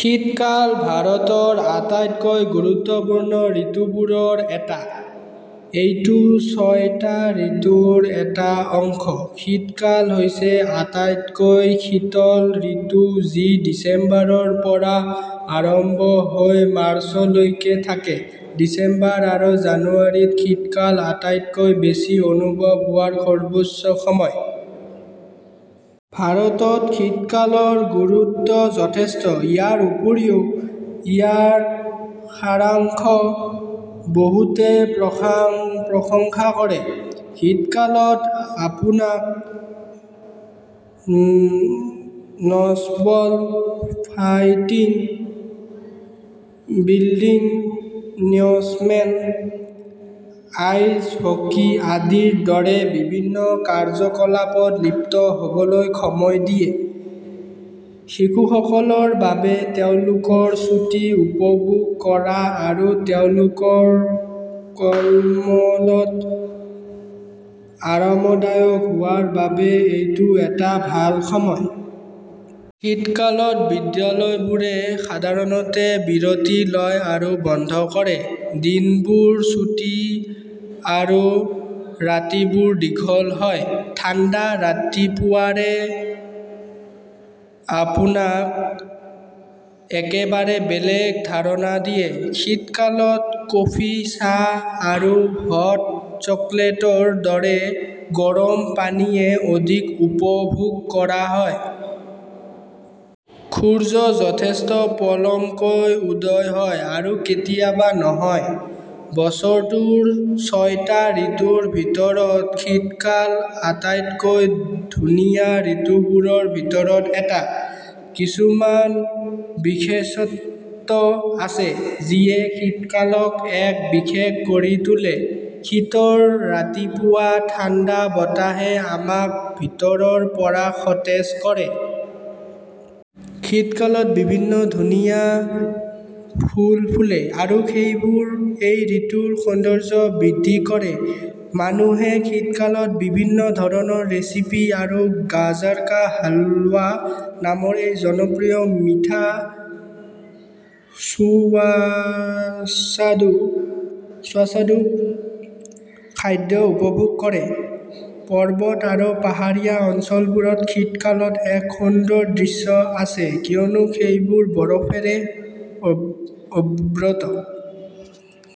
শীতকাল ভাৰতৰ আটাইতকৈ গুৰুত্বপূৰ্ণ ঋতুবোৰৰ এটা। এইটো ছয়টা ঋতুৰ এটা অংশ। শীতকাল হৈছে আটাইতকৈ শীতল ঋতু যি ডিচেম্বৰৰ পৰা আৰম্ভ হয় আৰু মাৰ্চলৈকে থাকে। ডিচেম্বৰ আৰু জানুৱাৰীত শীতকাল আটাইতকৈ বেছি অনুভৱ হোৱাৰ সৰ্বোচ্চ সময়। ভাৰতত, শীতকালৰ গুৰুত্ব যথেষ্ট। ইয়াৰ উপৰিও, ইয়াৰ সাৰাংশ বহুতে প্ৰশংসা কৰে। শীতকালত আপোনাক snowball fighting, building snowmen, ice hockey আদিৰ দৰে বিভিন্ন কাৰ্যকলাপত লিপ্ত হ'বলৈ সময় দিয়ে। শিশুসকলৰ বাবে তেওঁলোকৰ ছুটি উপভোগ কৰা আৰু তেওঁলোকৰ কম্বলত আৰামদায়ক হোৱাৰ বাবে এইটো এটা ভাল সময়। শীতকালত, বিদ্যালয়বোৰে সাধাৰণতে বিৰতি লয় আৰু বন্ধ কৰে। দিনবোৰ চুটি আৰু ৰাতিবোৰ দীঘল হয়। ঠাণ্ডা ৰাতিপুৱাবোৰে আপোনাক একেবাৰে বেলেগ ধাৰণা দিয়ে। শীতকালত কফি, চাহ আৰু হট চকলেটৰ দৰে গৰম পানীয় অধিক উপভোগ কৰা হয়। সূৰ্য যথেষ্ট পলমকৈ উদয় হয় আৰু কেতিয়াবা নহয়। বছৰটোৰ ছয়টা ঋতুৰ ভিতৰত শীতকাল আটাইতকৈ ধুনীয়া ঋতুবোৰৰ ভিতৰত এটা। কিছুমান বিশেষত্ব আছে যিয়ে শীতকালক এক বিশেষ কৰি তোলে। শীতৰ ৰাতিপুৱা ঠাণ্ডা বতাহে আমাক ভিতৰৰ পৰা সতেজ কৰে। শীতকালত বিভিন্ন ধুনীয়া ফুল ফুলে আৰু সেইবোৰে এই ঋতুৰ সৌন্দৰ্য বৃদ্ধি কৰে। মানুহে শীতকালত বিভিন্ন ধৰণৰ ৰেচিপি আৰু গাজাৰ কা হালৱা নামৰ এটা জনপ্ৰিয় মিঠা সুস্বাদু খাদ্য উপভোগ কৰে। পৰ্বত আৰু পাহাৰীয়া অঞ্চলবোৰত শীতকালত এক সুন্দৰ দৃশ্য আছে কিয়নো সেইবোৰ বৰফেৰে আবৃত।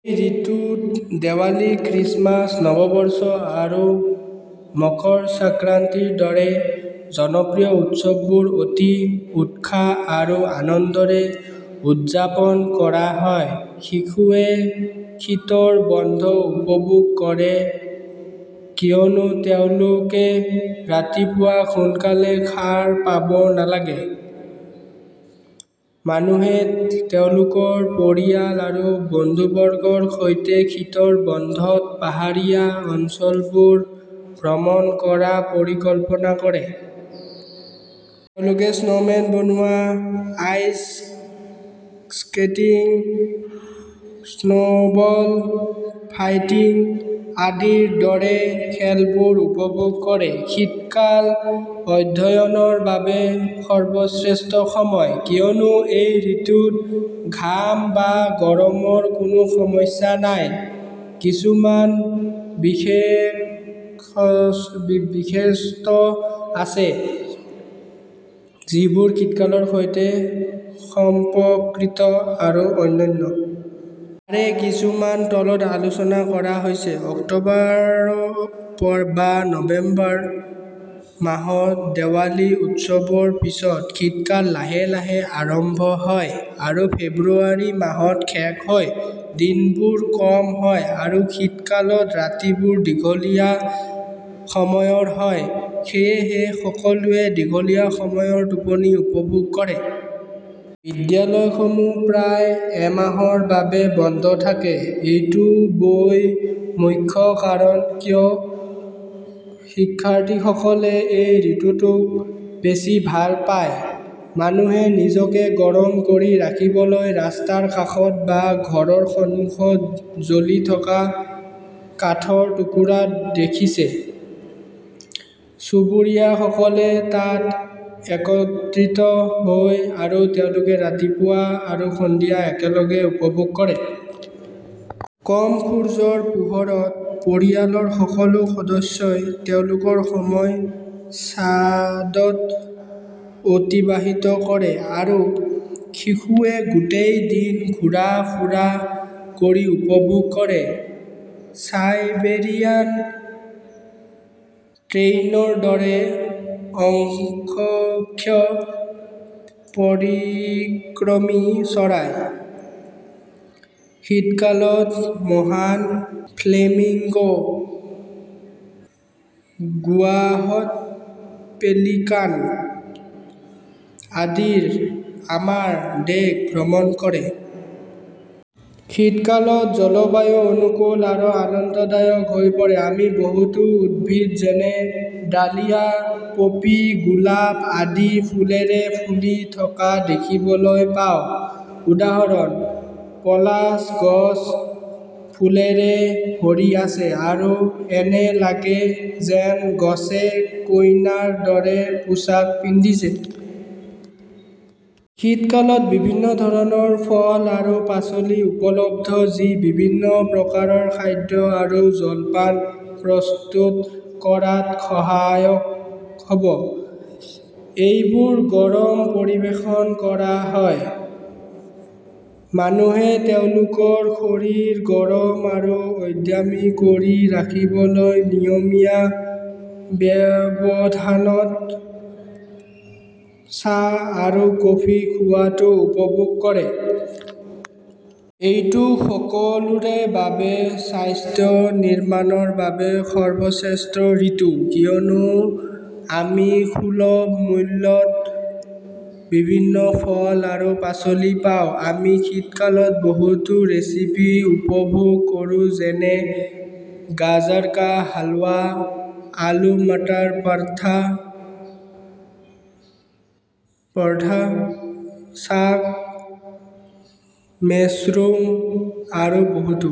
এই ঋতুত দেৱালী, খ্ৰীষ্টমাছ, নৱবৰ্ষ আৰু মকৰ সংক্ৰান্তিৰ দৰে জনপ্ৰিয় উৎসৱবোৰ অতি উৎসাহ আৰু আনন্দেৰে উদযাপন কৰা হয়। শিশুৱে শীতৰ বন্ধ উপভোগ কৰে কিয়নো তেওঁলোকে ৰাতিপুৱা সোনকালে সাৰ পাব নালাগে। মানুহে তেওঁলোকৰ পৰিয়াল আৰু বন্ধুবৰ্গৰ সৈতে শীতৰ বন্ধত পাহাৰীয়া অঞ্চলবোৰ ভ্ৰমণ কৰাৰ পৰিকল্পনা কৰে। তেওঁলোকে স্নোমেন বনোৱা, আইচ স্কেটিং, স্নোবল ফাইটিং আদিৰ দৰে খেলবোৰ উপভোগ কৰে। শীতকাল অধ্যয়নৰ বাবে সৰ্বশ্ৰেষ্ঠ সময় কিয়নো এই ঋতুত ঘাম বা গৰমৰ কোনো সমস্যা নাই। কিছুমান বিশেষত্ব আছে যিবোৰ শীতকালৰ সৈতে সম্পৰ্কিত আৰু অনন্য। তাৰে কিছুমান তলত আলোচনা কৰা হৈছে: অক্টোবৰ বা নৱেম্বৰ মাহত দেৱালী উৎসৱৰ পিছত শীতকাল লাহে লাহে আৰম্ভ হয় আৰু ফেব্ৰুৱাৰী মাহত শেষ হয়। দিনবোৰ কম হয় আৰু শীতকালত ৰাতিবোৰ দীঘলীয়া সময়ৰ হয়, সেয়েহে সকলোৱে দীঘলীয়া সময়ৰ টোপনি উপভোগ কৰে। বিদ্যালয়সমূহ প্ৰায় এমাহৰ বাবে বন্ধ থাকে; এইটো ৱেই মুখ্য কাৰণ কিয় শিক্ষাৰ্থীসকলে এই ঋতুটোক বেছি ভাল পায়। মানুহে নিজকে গৰম কৰি ৰাখিবলৈ ৰাস্তাৰ কাষত বা ঘৰৰ সন্মুখত জ্বলি থকা কাঠৰ টুকুৰা দেখিছে। চুবুৰীয়াসকলে তাত একত্ৰিত হয় আৰু তেওঁলোকে ৰাতিপুৱা আৰু সন্ধিয়া একেলগে উপভোগ কৰে। কম সূৰ্যৰ পোহৰত, পৰিয়ালৰ সকলো সদস্যই তেওঁলোকৰ সময় ছাদত অতিবাহিত কৰে আৰু শিশুৱে গোটেই দিন ঘূৰা ফুৰা কৰি উপভোগ কৰে। চাইবেৰিয়ান ক্ৰেইনৰ দৰে অসংখ্য পৰিভ্ৰমী চৰাই; শীতকালত মহান ফ্লেমিংগো, হোৱাইট পেলিকান আদি আমাৰ দেশ ভ্ৰমণ কৰে। শীতকালত জলবায়ু অনুকূল আৰু আনন্দদায়ক হৈ পৰে। আমি বহুতো উদ্ভিদ যেনে ডাহলিয়া, পপী, গোলাপ আদি ফুলেৰে ফুলি থকা দেখিবলৈ পাওঁ। উদাহৰণ: পলাশ গছ ফুলেৰে ভৰি আছে আৰু এনে লাগে যেন গছে কইনাৰ দৰে পোছাক পিন্ধিছে। শীতকালত বিভিন্ন ধৰণৰ ফল আৰু পাচলি উপলব্ধ যি বিভিন্ন প্ৰকাৰৰ খাদ্য আৰু জলপান প্ৰস্তুত কৰাত সহায়ক হ'ব। এইবোৰ গৰম পৰিৱেশন কৰা হয়। মানুহে তেওঁলোকৰ শৰীৰ গৰম আৰু উদ্যমী কৰি ৰাখিবলৈ নিয়মীয়া ব্যৱধানত চাহ আৰু কফি খোৱাটো উপভোগ কৰে। এইটো সকলোৰে বাবে স্বাস্থ্য নিৰ্মাণৰ বাবে সৰ্বশ্ৰেষ্ঠ ঋতু কিয়নো আমি সুলভ মূল্যত বিভিন্ন ফল আৰু পাচলি পাওঁ। আমি শীতকালত বহুতো ৰেচিপি উপভোগ কৰোঁ যেনে গাজাৰ কা হালৱা, আলু/মাটাৰ পৰতা, চাগ, মেছৰুম, আৰু বহুতো।